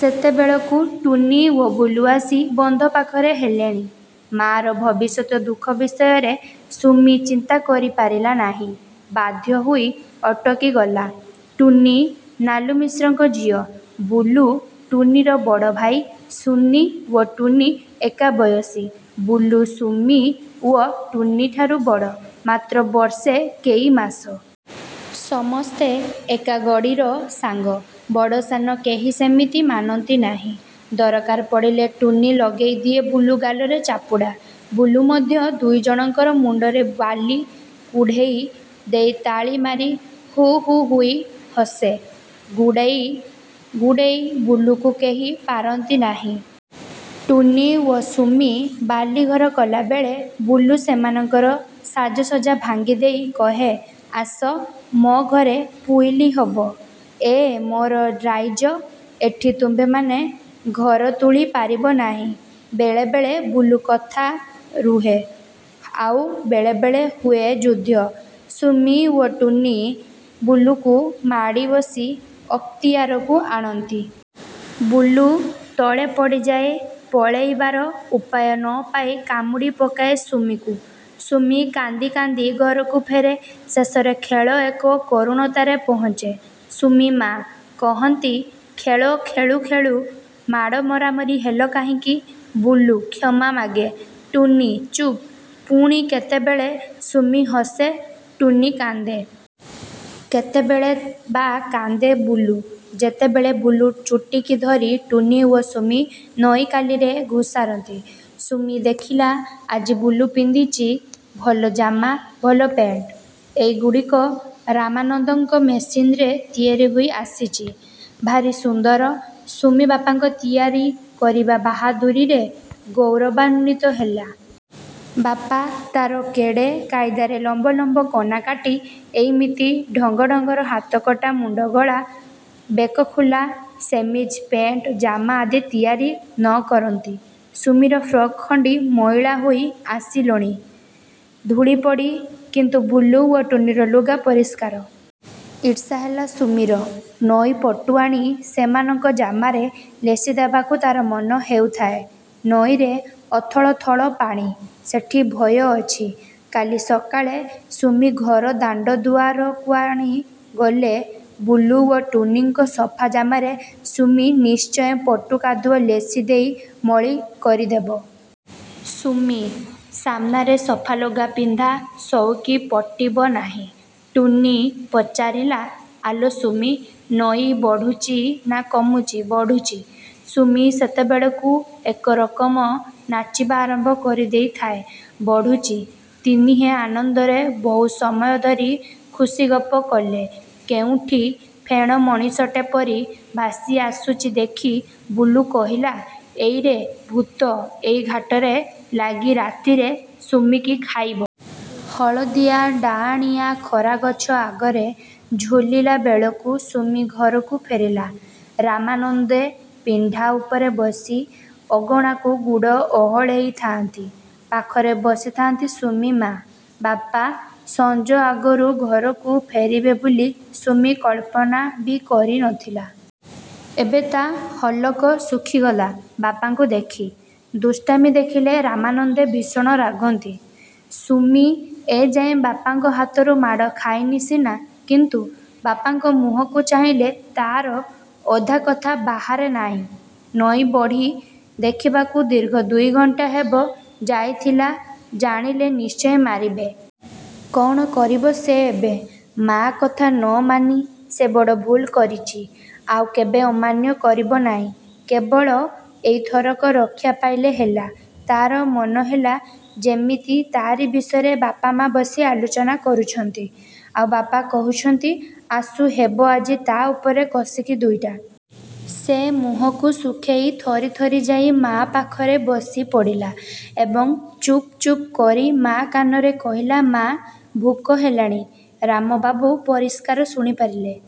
ସେତେବେଳକୁ ଟୁନୀ ଓ ବୁଲୁ ଆସି ବନ୍ଧପାଖରେ ହେଲେଣି। ମା'ର ଭବିଷ୍ୟତ ଦୁଃଖ ବିଷୟରେ ସୁମି ଚିନ୍ତା କରିପାରିଲା ନାହିଁ। ବାଧ୍ୟ ହୋଇ ଅଟକି ଗଲା। ଟୁନୀ ନାଲୁମିଶ୍ରଙ୍କ ଝିଅ। ବୁଲୁ ଟୁନୀର ବଡ଼ ଭାଇ। ସୁମି ଓ ଟୁନୀ ଏକାବୟସୀ। ବୁଲୁ ସୁମି ଓ ଟୁନୀଠାରୁ ବଡ଼, ମାତ୍ର ବର୍ଷେ କେଇମାସ। ସମସ୍ତେ ଏକାଗଡ଼ିର ସାଙ୍ଗ। ବଡ଼ ସାନ କେହି ସେମିତି ମାନନ୍ତି ନାହିଁ। ଦରକାର ପଡ଼ିଲେ ଟୁନୀ ଲଗେଇ ଦିଏ ବୁଲୁ ଗାଲରେ ଚାପୁଡ଼ା। ବୁଲୁ ମଧ୍ୟ ଦୁଇ ଜଣଙ୍କର ମୁଣ୍ଡରେ ବାଲି କୁଢ଼େଇ ଦେଇ ତାଳି ମାରି ହୋ ହୋ ହୋଇ ହସେ। ଗୋଡ଼େଇ ଗୋଡ଼େଇ ବୁଲୁକୁ କେହି ପାରନ୍ତି ନାହିଁ। ଟୁନୀ ଓ ସୁମି ବାଲିଘର କଲାବେଳେ ବୁଲୁ ସେମାନଙ୍କର ସାଜସଜ୍ଜା ଭାଙ୍ଗି ଦେଇ କହେ–ଆସ ମୋ ଘରେ ପୋଇଲି ହବ। ୟେ ମୋ ରାଇଜ-। ଏଠି ତୁମ୍ଭେମାନେ ଘର ତୋଳି ପାରିବ ନାହିଁ। ବେଳେବେଳେ ବୁଲୁ କଥା ରୁହେ। ଆଉ ବେଳେବେଳେ ହୁଏ ଯୁଦ୍ଧ। ସୁମି ଓ ଟୁନୀ ବୁଲୁକୁ ମାଡ଼ିବସି ଅକ୍ତିଆରକୁ ଆଣନ୍ତି। ବୁଲୁ ତଳେ ପଡ଼ିଯାଇ ପଳେଇବାର ଉପାୟ ନ ପାଇ–କାମୁଡ଼ି ପକାଏ ସୁମିକୁ। ସୁମି କାନ୍ଦି କାନ୍ଦି ଘରକୁ ଫେରେ। ଶେଷରେ ଖେଳ ଏକ କରୁଣତାରେ ପହଞ୍ଚେ। ସୁମି-ମା କହନ୍ତି–ଖେଳ ଖେଳୁ ଖେଳୁ ମାଡ଼ ମରାମରି ହେଲ କାହିଁକି? ବୁଲୁ କ୍ଷମା ମାଗେ। ଟୁନୀ ଚୁପ୍। ପୁଣି କେତେବେଳେ ସୁମି ହସେ–ଟୁନୀ କାନ୍ଦେ। କେତେବେଳେ ବା କାନ୍ଦେ ବୁଲୁ, ଯେତେବେଳେ ବୁଲୁ ଚୁଟିକି ଧରି ଟୁନୀ ଓ ସୁମି ନଈକାଲିରେ ଘୋଷାରନ୍ତି। ସୁମି ଦେଖିଲା–ଆଜି ବୁଲୁ ପିନ୍ଧିଚି ଭଲ ଜାମା, ଭଲ ପେଣ୍ଟ। ଏଇଗୁଡ଼ିକ ରାମାନନ୍ଦଙ୍କ ମେସିନରେ ତିଆରି ହୋଇ ଆସିଚି। ଭାରି ସୁନ୍ଦର। ସୁମି ବାପାଙ୍କ ତିଆରି କରିବା ବାହାଦୁରିରେ ଗୌରବାନ୍ୱିତ ହେଲା। ବାପା ତାର କେଡ଼େ କାଇଦାରେ ଲମ୍ବ ଲମ୍ବ କନା କାଟି ଏଇମିତି ଢଙ୍ଗ ଢଙ୍ଗର ହାତକଟା ମୁଣ୍ଡଗଳା, ବେକଖୋଲା ସେମିଜ ପେଏଣ୍ଟ ଜାମା ଆଦି ତିଆରି ନ କରନ୍ତି? ସୁମିର ଫ୍ରକ୍ ଖଣ୍ଡି ମଇଳା ହୋଇ ଆସିଲଣି–ଧୂଳି ପଡ଼ି। କିନ୍ତୁ ବୁଲୁ ଓ ଟୁନୀର ଲୁଗା ପରିଷ୍କାର। ଈର୍ଷା ହେଲା ସୁମିର। ନଈ ପଟୁ ଆଣି ସେମାନଙ୍କର ଜାମାରେ ଲେସିଦେବାକୁ ତା'ର ମନ ହେଉଥାଏ। ନଈରେ ଅଥଳ ଥଳ ପାଣି। ସେଠି ଭୟ ଅଛି। କାଲି ସକାଳେ ସୁମି ଘର ଦାଣ୍ଡ ଦୁଆରକୁ ଆଣି ଗଲେ ବୁଲୁ ଓ ଟୁନୀଙ୍କ ସଫା ଜାମାରେ ସୁମି ନିଶ୍ଚୟ ପଟୁ କାଦୁଅ ଲେସି ଦେଇ ମଳି କରିଦେବ। ସୁମି ସାମ୍ନାରେ ସଫା ଲୁଗା ପିନ୍ଧା ସଉକି ପଟିବ ନାହିଁ। ଟୁନୀ ପଚାରିଲା–ଆଲୋ ସୁମି, ନଈ ବଢ଼ୁଚି ନା କମୁଚି। 'ବଢ଼ୁଚି'। ସୁମି ସେତେବେଳକୁ ଏକରକମ ନାଚିବା ଆରମ୍ଭ କରି ଦେଇଥାଏ। ବଢ଼ୁଚି!!! ତିନିହେଁ ଆନନ୍ଦରେ ବହୁ ସମୟ ଧରି ଖୁସିଗପ କଲେ। କେଉଁଠି ଫେଣ ମଣିଷଟେ ପରି ଭାଷି ଆସୁଚି ଦେଖି ବୁଲୁ କହିଲା, ''ଏଇରେ ଭୂତ; ଏଇ ଘାଟରେ ଲାଗି ରାତିରେ ସୁମିକି ଖାଇବ। '' ହଳଦିଆ ଡାଆଣିଆ ଖରା ଗଛ ଅଗରେ ଝୁଲିଲା ବେଳକୁ ସୁମି ଘରକୁ ଫେରିଲା। ରାମାନନ୍ଦେ ପିଣ୍ଡା ଉପରେ ବସି ଅଗଣାକୁ ଗୋଡ଼ ଓହଳେଇଥାନ୍ତି, ପାଖରେ ବସିଥାନ୍ତି ସୁମି ମା'। ବାପା ସଞ୍ଜ ଆଗରୁ ଘରକୁ ଫେରିବେ ବୋଲି ସୁମି କଳ୍ପନା ବି କରି ନଥିଲା। ଏବେ ତା' ହଲକ ଶୁଖିଗଲା ବାପାଙ୍କୁ ଦେଖି। ଦୁଷ୍ଟାମି ଦେଖିଲେ ରାମାନନ୍ଦେ ଭୀଷଣ ରାଗନ୍ତି। ସୁମି ଏ ଯାଏଁ ବାପାଙ୍କ ହାତରୁ ମାଡ଼ ଖାଇନି ସିନା–କିନ୍ତୁ ବାପାଙ୍କ ମୁହଁକୁ ଚାହିଁଲେ ତା'ର ଅଧା କଥା ବାହାରେ ନାଇଁ। ନଈ ବଢ଼ି ଦେଖିବାକୁ ଦୀର୍ଘ ଦୁଇଘଣ୍ଟା ହେବ ଯାଇଥିଲା ଜାଣିଲେ ନିଶ୍ଚୟ ମାରିବେ। କ'ଣ କରିବ ସେ ଏବେ। ମା' କଥା ନ ମାନି ସେ ବଡ଼ ଭୁଲ କରିଚି। ଆଉ କେବେ ଅମାନ୍ୟ କରିବ ନାଇଁ। କେବଳ ଏଇଥରକ ରକ୍ଷା ପାଇଲେ ହେଲା। ତାର ମନହେଲା ଯେମିତି ତାରି ବିଷୟରେ ବାପା-ମା ବସି ଆଲୋଚନା କରୁଛନ୍ତି। ଆଉ ବାପା କହୁଛନ୍ତି–ଆସୁ ହେବ ଆଜି ତା' ଉପରେ କଷିକି ଦୁଇଟା। ସେ ମୁହଁକୁ ଶୁଖେଇ ଥରି ଥରି ଯାଇ ମା' ପାଖରେ ବସି ପଡ଼ିଲା ଏବଂ ଚୁପ୍ ଚୁପ୍ କରି ମା' କାନରେ କହିଲା–'ମା' ଭୋକ ହେଲାଣି। ' ରାମବାବୁ ପରିଷ୍କାର ଶୁଣିପାରିଲେ।